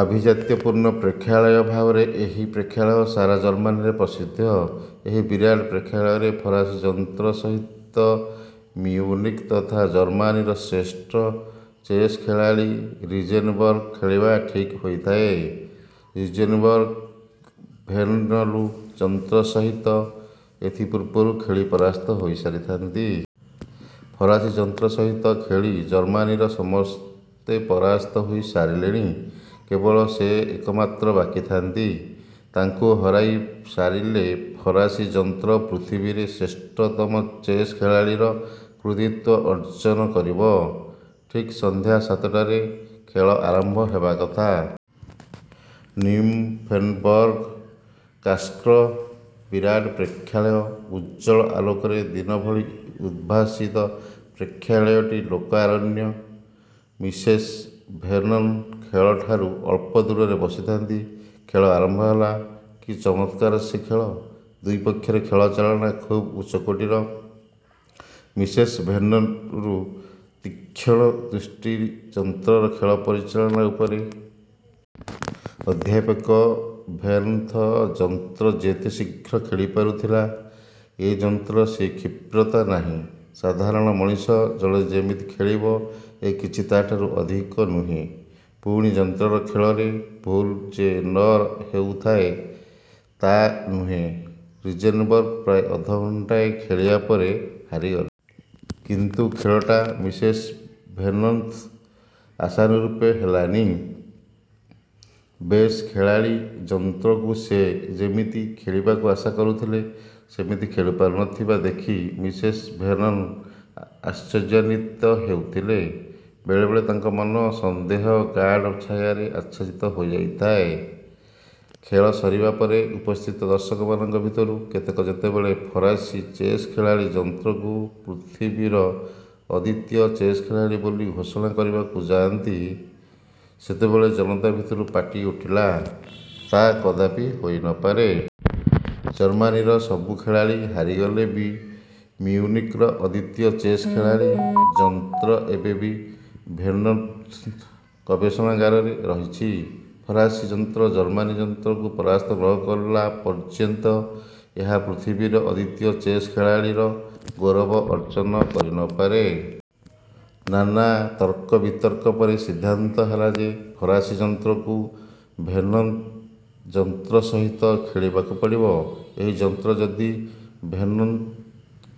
ଆଭିଜାତ୍ୟପୂର୍ଣ୍ଣ ପ୍ରେକ୍ଷାଳୟ ଭାବରେ ଏହି ପ୍ରେକ୍ଷାଳୟ ସାରା ଜର୍ମାନୀରେ ପ୍ରସିଦ୍ଧ। ଏହି ବିରାଟ ପ୍ରେକ୍ଷାଳୟରେ ଫରାସୀ ଯନ୍ତ୍ର ସହିତ ମିଉନିକ୍ ତଥା ଜର୍ମାନୀର ଶ୍ରେଷ୍ଠ ଚେସ୍ ଖେଳାଳୀ ରିଜେନବର୍ଗ ଖେଳିବା ଠିକ୍ ହୋଇଥାଏ। ରିଜେନ୍ବର୍ଗ ଭେର୍ନନ୍ଙ୍କ ଯନ୍ତ୍ର ସହିତ ଏଥି ପୂର୍ବରୁ ଖେଳି ପରାସ୍ତ ହୋଇ ସାରିଥାନ୍ତି। ଫରାସୀ ଯନ୍ତ୍ର ସହିତ ଖେଳି ଜର୍ମାନୀର ସମସ୍ତେ ପରାସ୍ତ ହୋଇ ସାରିଲେଣି, କେବଳ ସେ ଏକମାତ୍ର ବାକି ଥାନ୍ତି। ତାଙ୍କୁ ହରାଇ ସାରିଲେ ଫରାସୀ ଯନ୍ତ୍ର ପୃଥିବୀରେ ଶ୍ରେଷ୍ଠତମ ଚେସ୍ ଖେଳାଳୀର କୃତିତ୍ୱ ଅର୍ଜନ କରିବ। ଠିକ୍ ସନ୍ଧ୍ୟା ସାତଟାରେ ଖେଳ ଆରମ୍ଭ ହେବା କଥା। ନିମଫେନବର୍ଗ କାସ୍ଲ୍ର ବିରାଟ ପ୍ରେକ୍ଷାଳୟ ଉଜ୍ଜ୍ୱଳ ଆଲୋକରେ ଦିନଭଳି ଉଦ୍ଭାସିତ। ପ୍ରେକ୍ଷାଳୟଟି ଲୋକାରଣ୍ୟ। ମିସେସ୍ ଭେର୍ନନ୍ ଖେଳଠାରୁ ଅଳ୍ପ ଦୂରରେ ବସିଥାନ୍ତି। ଖେଳ ଆରମ୍ଭ ହେଲା। କି ଚମତ୍କାର ସେ ଖେଳ! ଦୁଇ ପକ୍ଷର ଖେଳ ଚାଳନା ଖୁବ୍ ଉଚ୍ଚକୋଟୀର। ମିସେସ ଭେର୍ନନ୍ଙ୍କ ତୀକ୍ଷଣ ଦୃଷ୍ଟି ଯନ୍ତ୍ରର ଖେଳ ପରିଚାଳନା ଉପରେ। ଅଧ୍ୟାପକ ଭେର୍ନନ୍ଙ୍କ ଯନ୍ତ୍ର ଯେତେ ଶୀଘ୍ର ଖେଳିପାରୁ ଥିଲା, ଏ ଯନ୍ତ୍ରର ସେ କ୍ଷିପ୍ରତା ନାହିଁ। ସାଧାରଣ ମଣିଷ ଜଣେ ଯେମିତି ଖେଳିବ ଏ କିଛି ତା'ଠାରୁ ଅଧିକ ନୁହେଁ। ପୁଣି ଯନ୍ତ୍ରର ଖେଳରେ ଭୁଲ ଯେ ନ ହେଉଥାଏ ତା ନୁହେଁ। ରିଜେନବର୍ଗ ପ୍ରାୟ ଅଧଘଣ୍ଟାଏ ଖେଳିବା ପରେ ହାରିଗଲେ। କିନ୍ତୁ ଖେଳଟା ମିସେସ ଭେର୍ନନ୍ଙ୍କ ଆଶାନୁରୂପ ହେଲାନି। ଚେସ୍ ଖେଳାଳୀ ଯନ୍ତ୍ରକୁ ସେ ଯେମିତି ଖେଳିବାକୁ ଆଶା କରୁଥିଲେ, ସେମିତି ଖେଳିପାରୁ ନ ଥିବା ଦେଖି ମିସେସ ଭେର୍ନନ୍ ଆଶ୍ଚର୍ଯ୍ୟାନିତ ହେଉଥିଲେ। ବେଳେବେଳେ ତାଙ୍କ ମନ ସନ୍ଦେହ ଗାଢ଼ ଛାୟାରେ ଆଚ୍ଛାଦିତ ହୋଇଯାଉଥାଏ। ଖେଳ ସରିବା ପରେ ଉପସ୍ଥିତ ଦର୍ଶକମାନଙ୍କ ଭିତରୁ କେତେକ ଯେତେବେଳେ ଫରାସୀ ଚେସ୍ ଖେଳାଳୀ ଯନ୍ତ୍ରକୁ ପୃଥିବୀର ଅଦ୍ୱିତୀୟ ଚେସ୍ ଖେଳାଳୀ ବୋଲି ଘୋଷଣା କରିବାକୁ ଯାଆନ୍ତି, ସେତେବେଳେ ଜନତା ଭିତରୁ ପାଟି ଉଠିଲା, 'ତା କଦାପି ହୋଇ ନ ପାରେ। ଜର୍ମାନୀର ସବୁ ଖେଳାଳୀ ହାରିଗଲେ ବି ମିଉନିକର ଅଦ୍ୱିତୀୟ ଚେସ୍ ଖେଳାଳୀ ଯନ୍ତ୍ର ଏବେ ବି ଭେର୍ନନ୍ଙ୍କ ଗବେଷଣାଗାରରେ ରହିଛି। ଫରାସୀ ଯନ୍ତ୍ର ଜର୍ମାନୀ ଯନ୍ତ୍ରକୁ ପରାସ୍ତ ନ କଲା ପର୍ଯ୍ୟନ୍ତ ଏହା ପୃଥିବୀର ଅଦ୍ୱିତୀୟ ଚେସ୍ ଖେଳାଳୀର ଗୌରବ ଅର୍ଜନ କରି ନ ପାରେ। ନାନା ତର୍କବିତର୍କ ପରେ ସିଦ୍ଧାନ୍ତ ହେଲା ଯେ ଫରାସୀ ଯନ୍ତ୍ରକୁ ଭେର୍ନନ୍ଙ୍କ ଯନ୍ତ୍ର ସହିତ ଖେଳିବାକୁ ପଡ଼ିବ। ଏହି ଯନ୍ତ୍ର ଯଦି ଭେର୍ନନ୍ଙ୍କ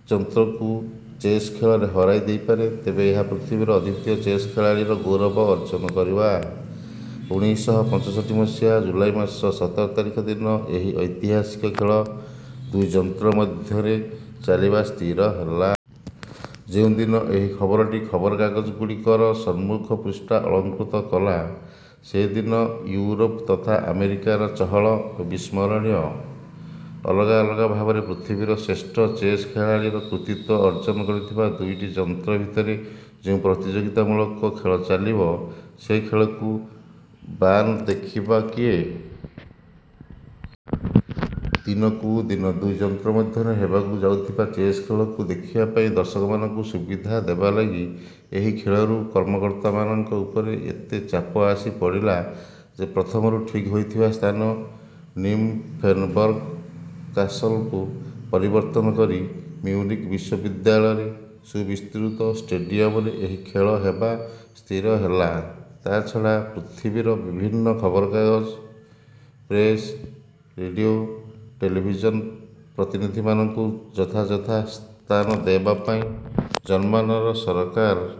ଯନ୍ତ୍ରକୁ ଚେସ୍ ଖେଳରେ ହରାଇ ଦେଇପାରେ, ତେବେ ଏହା ପୃଥିବୀର ଅଦ୍ୱିତୀୟ ଚେସ୍ ଖେଳାଳୀର ଗୌରବ ଅର୍ଜନ କରିବ। ଉଣେଇଶହ ପଞ୍ଚଷଠି ମସିହା ଜୁଲାଇ ମାସ ସତର ତାରିଖ ଦିନ ଏହି ଐତିହାସିକ ଖେଳ ଦୁଇ ଯନ୍ତ୍ର ମଧ୍ୟରେ ଚାଲିବା ସ୍ଥିର ହେଲା। ଯେଉଁ ଦିନ ଏହି ଖବରଟି ଖବରକାଗଜଗୁଡ଼ିକର ସମ୍ମୁଖ ପୃଷ୍ଠା ଅଳଙ୍କୃତ କଲା, ସେଦିନ ଇଉରୋପ ତଥା ଆମେରିକାର ଚହଳ ଅବିସ୍ମରଣୀୟ। ଅଲଗା ଅଲଗା ଭାବରେ ପୃଥିବୀର ଶ୍ରେଷ୍ଠ ଚେସ୍ ଖେଳାଳୀର କୃତିତ୍ୱ ଅର୍ଜନ କରିଥିବା ଦୁଇଟି ଯନ୍ତ୍ର ଭିତରେ ଯେଉଁ ପ୍ରତିଯୋଗୀତାମୂଳକ ଖେଳ ଚାଲିବ, ସେ ଖେଳକୁ ବାନ ଦେଖିବ କିଏ? ଦିନକୁ ଦିନ ଦୁଇ ଯନ୍ତ୍ର ମଧ୍ୟରେ ହେବାକୁ ଯାଉଥିବା ଚେସ୍ ଖେଳକୁ ଦେଖିବା ପାଇଁ ଦର୍ଶକମାନଙ୍କୁ ସୁବିଧା ଦେବାଲାଗି ଏହି ଖେଳରୁ କର୍ମକର୍ତ୍ତାମାନଙ୍କ ଉପରେ ଏତେ ଚାପ ଆସି ପଡ଼ିଲା ଯେ ପ୍ରଥମରୁ ଠିକ୍ ହୋଇଥିବା ସ୍ଥାନ ନିମଫେନବର୍ଗ କାସଲକୁ ପରିବର୍ତ୍ତନ କରି ମିଉନିକ୍ ବିଶ୍ୱବିଦ୍ୟାଳୟର ସୁବିସ୍ତୃତ ଷ୍ଟେଡିୟମରେ ଏହି ଖେଳ ହେବା ସ୍ଥିର ହେଲା ତା ଛଡ଼ା ପୃଥିବୀର ବିଭିନ୍ନ ଖବରକାଗଜ, ପ୍ରେସ, ରେଡିଓ, ଟେଲଭିଜନ ପ୍ରତିନିଧିମାନଙ୍କୁ ଯଥାଯଥ ସ୍ଥାନ ଦେବା ପାଇଁ ଜର୍ମାନ ସରକାର.